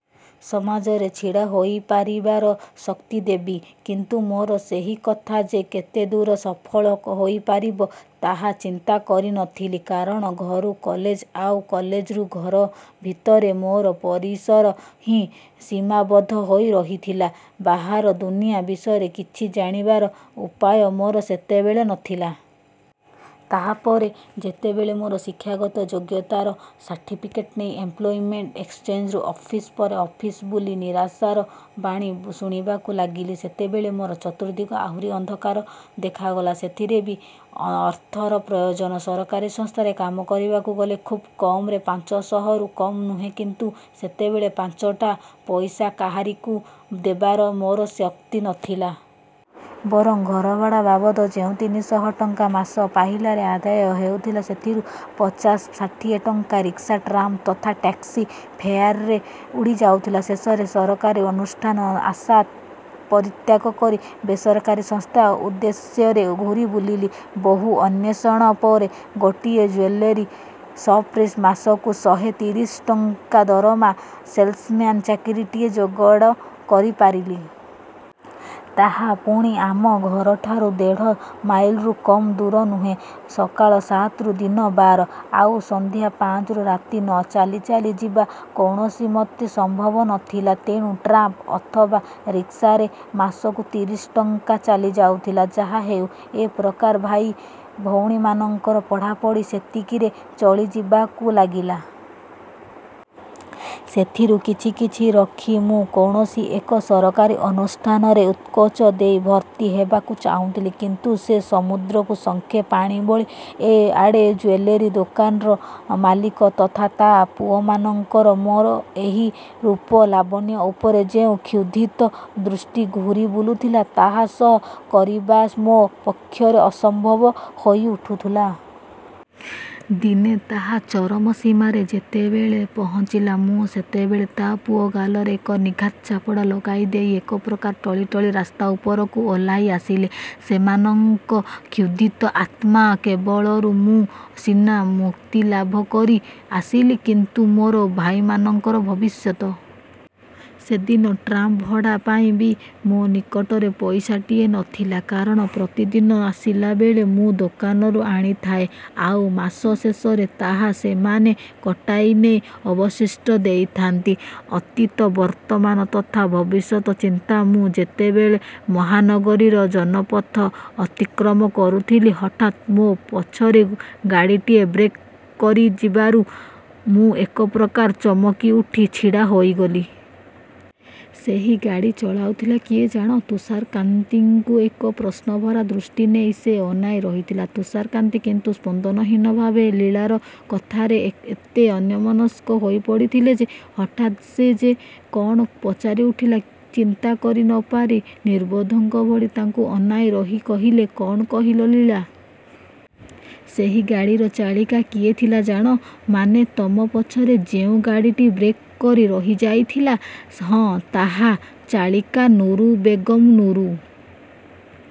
ସମାଜରେ ଛିଡ଼ା ହୋଇପାରିବାର ଶକ୍ତି ଦେବି। କିନ୍ତୁ ମୋର ସେହି କଥା ଯେ କେତେଦୂର ସଫଳ ହୋଇପାରିବ, ତାହା ଚିନ୍ତା କରିନଥିଲି। କାରଣ ଘରୁ କଲେଜ ଆଉ କଲେଜରୁ ଘର ଭିତରେ ମୋର ପରିସର ହିଁ ସୀମାବଦ୍ଧ ହୋଇ ରହିଥିଲା। ବାହାର ଦୁନିଆ ବିଷୟରେ କିଛି ଜାଣିବାର ଉପାୟ ମୋର ସେତେବେଳେ ନଥିଲା। ତା ପରେ ଯେତେବେଳେ ମୋର ଶିକ୍ଷାଗତ ଯୋଗ୍ୟତାର ସାର୍ଟିଫିକେଟ୍ ନେଇ ଏମ୍ପ୍ଲୋୟମେଣ୍ଟ ଏକ୍ସଚେଞ୍ଜରୁ ଅଫିସ୍ ପରେ ଅଫିସ୍ ବୁଲି ନିରାଶାର ବାଣୀ ଶୁଣିବାକୁ ଲାଗିଲି, ସେତେବେଳେ ମୋର ଚତୁର୍ଦ୍ଦିଗ ଆହୁରି ଅନ୍ଧକାର ଦେଖାଗଲା। ସେଥିରେ ବି ଅର୍ଥର ପ୍ରୟୋଜନ। ସରକାରୀ ସଂସ୍ଥାରେ କାମ କରିବାକୁ ଗଲେ ଖୁବ୍ କମ୍‌ରେ ପାଞ୍ଚ ଶହରୁ କମ୍ ନୁହେଁ କିନ୍ତୁ ସେତେବେଳେ ପାଞ୍ଚଟା ପଇସା କାହାରିକୁ ଦେବାର ମୋର ଶକ୍ତି ନଥିଲା। ବରଂ ଘରଭଡ଼ା ବାବଦ ଯେଉଁ ତିନି ଶହ ଟଙ୍କା ମାସ ପହିଲାରେ ଆଦାୟ ହେଉଥିଲା, ସେଥିରୁ ପଚାଶ, ଷାଠିଏ ଟଙ୍କା ରିକ୍ସା, ଟ୍ରାମ୍ ତଥା ଟ୍ୟାକ୍ସି ଫେୟାର୍‌ରେ ଉଡ଼ିଯାଉଥିଲା। ଶେଷରେ ସରକାରୀ ଅନୁଷ୍ଠାନ ଆଶା ପରିତ୍ୟାଗ କରି ବେସରକାରୀ ସଂସ୍ଥା ଉଦ୍ଦେଶ୍ୟରେ ଘୂରି ବୁଲିଲି। ବହୁ ଅନ୍ୱେଷଣ ପରେ ଗୋଟିଏ ଜୁଏଲାରୀ ସପ୍‌ରେ ମାସକୁ ଶହେ ତିରିଶ ଟଙ୍କା ଦରମାରେ ସେଲ୍ସମ୍ୟାନ୍ ଚାକିରିଟିଏ ଯୋଗାଡ଼ କରିପାରିଲି। ତାହା ପୁଣି ଆମ ଘରଠାରୁ ଦେଢ଼ ମାଇଲ୍‌ରୁ କମ୍ ଦୂର ନୁହେଁ। ସକାଳ ସାତରୁ ଦିନ ବାର, ଆଉ ସନ୍ଧ୍ୟା ପାଞ୍ଚରୁ ରାତି ନଅ। ଚାଲି ଚାଲି ଯିବା କୌଣସିମତେ ସମ୍ଭବ ନଥିଲା। ତେଣୁ ଟ୍ରାମ୍ ଅଥବା ରିକ୍ସାରେ ମାସକୁ ତିରିଶ ଟଙ୍କା ଚାଲିଯାଉଥିଲା। ଯାହା ହେଉ, ଏକ ପ୍ରକାର ଭାଇ ଭଉଣୀମାନଙ୍କର ପଢ଼ାପଢ଼ି ସେତିକିରେ ଚଳିଯିବାକୁ ଲାଗିଲା। ସେଥିରୁ କିଛି କିଛି ରଖି ମୁଁ କୌଣସି ଏକ ସରକାରୀ ଅନୁଷ୍ଠାନରେ ଉତ୍କୋଚ ଦେଇ ଭର୍ତ୍ତି ହେବାକୁ ଚାହୁଁଥିଲି। କିନ୍ତୁ ସେ ସମୁଦ୍ରକୁ ଶଙ୍ଖେ ପାଣି ଭଳି। ଏ ଆଡ଼େ ଜୁଏଲାରୀ ଦୋକାନର ମାଲିକ ତଥା ତା ପୁଅମାନଙ୍କର ମୋର ଏହି ରୂପ ଲାବଣ୍ୟ ଉପରେ ଯେଉଁ କ୍ଷୁଧିତ ଦୃଷ୍ଟି ଘୂରି ବୁଲୁଥିଲା, ତାହା ସହ୍ୟ କରିବା ମୋ ପକ୍ଷରେ ଅସମ୍ଭବ ହୋଇଉଠୁଥିଲା। ଦିନେ ତାହା ଚରମ ସୀମାରେ ଯେତେବେଳେ ପହଞ୍ଚିଲା, ମୁଁ ସେତେବେଳେ ତା ପୁଅ ଗାଲରେ ଏକ ନିର୍ଘାତ ଚାପୁଡ଼ା ଲଗାଇ ଦେଇ ଏକପ୍ରକାର ଟଳି ଟଳି ରାସ୍ତା ଉପରକୁ ଓହ୍ଲାଇ ଆସିଲି। ସେମାନଙ୍କ କ୍ଷୁଧିତ ଆତ୍ମା କବଳରୁ ମୁଁ ସିନା ମୁକ୍ତିଲାଭ କରି ଆସିଲି କିନ୍ତୁ ମୋର ଭାଇମାନଙ୍କର ଭବିଷ୍ୟତ। ସେଦିନ ଟ୍ରାମ୍ ଭଡ଼ା ପାଇଁ ବି ମୋ ନିକଟରେ ପଇସାଟିଏ ନଥିଲା। କାରଣ ପ୍ରତିଦିନ ଆସିଲାବେଳେ ମୁଁ ଦୋକାନରୁ ଆଣିଥାଏ, ଆଉ ମାସ ଶେଷରେ ତାହା ସେମାନେ କଟାଇ ନେଇ ଅବଶିଷ୍ଟ ଦେଇଥାଆନ୍ତି। ଅତୀତ, ବର୍ତ୍ତମାନ ତଥା ଭବିଷ୍ୟତ ଚିନ୍ତାରେ ମୁଁ ଯେତେବେଳେ ମହାନଗରୀର ଜନପଥ ଅତିକ୍ରମ କରୁଥିଲି, ହଠାତ୍ ମୋ ପଛରେ ଗାଡ଼ିଟିଏ ବ୍ରେକ୍ କରିଯିବାରୁ ମୁଁ ଏକପ୍ରକାର ଚମକିଉଠି ଛିଡ଼ା ହୋଇଗଲି। ସେହି ଗାଡ଼ି ଚଳାଉଥିଲା କିଏ ଜାଣ? ତୁଷାରକାନ୍ତିଙ୍କୁ ଏକ ପ୍ରଶ୍ନଭରା ଦୃଷ୍ଟି ନେଇ ସେ ଅନାଇ ରହିଥିଲା। ତୁଷାରକାନ୍ତି କିନ୍ତୁ ସ୍ପନ୍ଦନହୀନ ଭାବେ ଲୀଳାର କଥାରେ ଏତେ ଅନ୍ୟମନସ୍କ ହୋଇପଡ଼ିଥିଲେ ଯେ, ହଠାତ୍ ଯେ ସେ କଣ ପଚାରିଉଠିଲା, ଚିନ୍ତା କରି ନ ପାରି ନିର୍ବୋଧଙ୍କ ଭଳି ତାକୁ ଅନାଇ ରହି କହିଲେ, କଣ କହିଲ ଲୀଳା? ସେହି ଗାଡ଼ିର ଚାଳିକା କିଏ ଥିଲା ଜାଣ? ମାନେ ତମ ପଛରେ ଯେଉଁ ଗାଡ଼ିଟି ବ୍ରେକ୍ କରି ରହିଯାଇଥିଲା? ହଁ, ତାହାର ଚାଳିକା ନୁରୁ ବେଗମ୍। ନୁରୁ